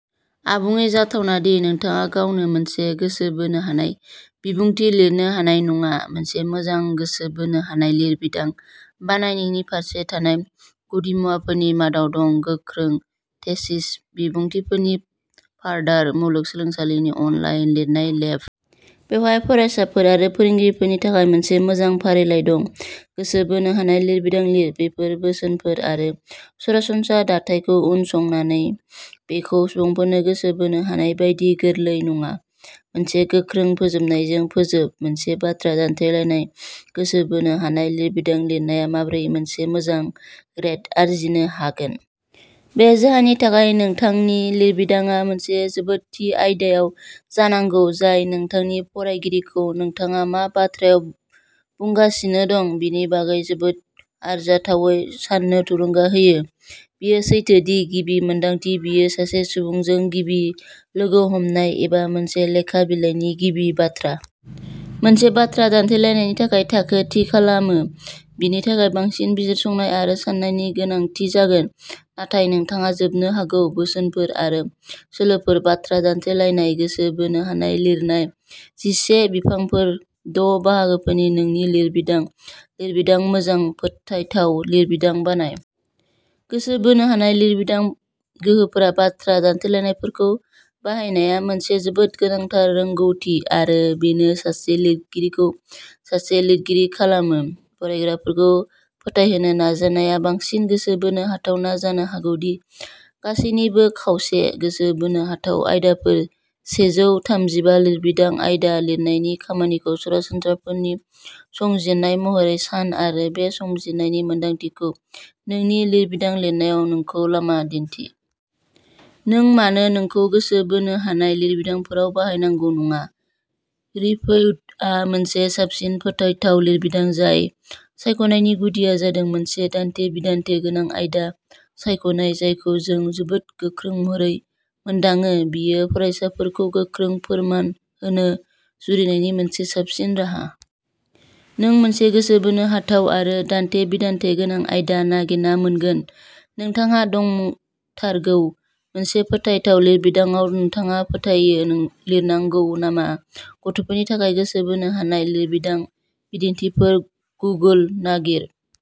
आबुङै जाथावना दि नोंथाङा गावनो मोनसे गोसो बोनो हानाय बिबुंथि लिरनो हानाय नङा। मोनसे मोजां गोसो बोनो हानाय लिरबिदां बानायनायनि फारसे थानाय गुदिमुवाफोरनि मादाव दङ। गोख्रों थेसिस बिबुंथिफोर पार्डु मुलुगसोलोंसालि अनलाइन लिरनाय लेब। बेवहाय फरायसाफोर आरो फोरोंगिरिफोरनि थाखाय मोनसे मोजां फारिलाइ दं। गोसो बोनो हानाय लिरबिदां लिर बेफोर बोसोनफोर आरो सरासनस्रा दाथायखौ उनसंनानै बेखौ सुबुंफोरखौ गोसो बोनो हानाय बादि गोरलै नङा। मोनसे गोख्रों फोजोबनायजों फोजोब। मोनसे बाथ्रा दान्थेलायनाय गोसो बोनो हानाय लिरबिदां लिरनाया माबोरै मोनसे मोजां ग्रेड आरजिनो हागोन। बे जाहोननि थाखाय नोंथांनि लिरबिदांआ मोनसे जोबोद थि आयदायाव जानांगौ जाय नोंथांनि फरायगिरिखौ नोंथाङा मा बाथ्रा बुंगासिनो दं बेनि बागै जोबोद सावरायजाथावै साननो थुलुंगा होयो। बेयो सैथो दि गिबि मोनदांथि बेयो सासे सुबुंजों गिबि लोगो हमनाय एबा मोनसे लेखा बिलाइनि गिबि बाथ्रा। मोनसे बाथ्रा दान्थेलायनायनि थाखाय थाखो थि खालामो। बेनि थाखाय बांसिन बिजिरसंनाय आरो साननायनि गोनांथि जागोन। नाथाय नोंथाङा जोबनो हागौ। बोसोनफोर आरो सोलोफोर बाथ्रा दान्थेलायनाय। गोसो बोनो हानाय लिरनाय जिसे बिफांफोर। द' बाहागोफोर नोंनि लिरबिदां लिरबिदां मोजां फोथायथाव लिरबिदां बानाय। गोसो बोनो हानाय लिरबिदां गोहोगोरा बाथ्रा दान्थेलायनायफोरखौ बाहायनाया मोनसे जोबोद गोनांथार रोंग'थि आरो बेनो सासे लिरगिरिखौ सासे लिरगिरि खालामो। फरायग्राफोरखौ फोथायहोनो नाजानाया बांसिन गोसो बोनो हाथावना जानो हागौ दि गासैनिबो खावसे। गोसो बोनो हाथाव आयदाफोर सेजौ थामजिबा लिरबिदां आयदा लिरनायनि खामानिखौ सानस्रिफोरनि संजिरनाय महरै सान आरो बे संजिरनायनि मोनदांथिखौ नोंनि लिरबिदां लिरनायाव नोंखौ लामा दिन्थि। नों मानो नोंखौ गोसो बोनो हानाय लिरबिदांफोराव बाहायनांगौ नङा। रिभिउआ मोनसे साबसिन फोथायथाव लिरबिदां आयदा सायख'नायनि गुदिआ जादों मोनसे दान्थे-बिदान्थे गोनां आयदा सायख'नाय जायखौ जों जोबोद गोख्रों महरै मोनदाङो। बेयो फरायसाफोरखौ गोख्रों फोरमान होनो जुरिजेननायनि मोनसे साबसिन राहा। नों मोनसे गोसो बोनो हाथाव आरो दान्थे-बिदान्थे गोनां आयदा नागिरना मोनगोन। नोंथाङा दंथारगौ। मोनसे फोथायथाव लिरबिदांआव नोंथाङा फोथायो लिरनांगौ नामा? गथ'फोरनि थाखाय गोसो बोनो हानाय लिरबिदां बिदिन्थिफोर-गुगोल नागिर।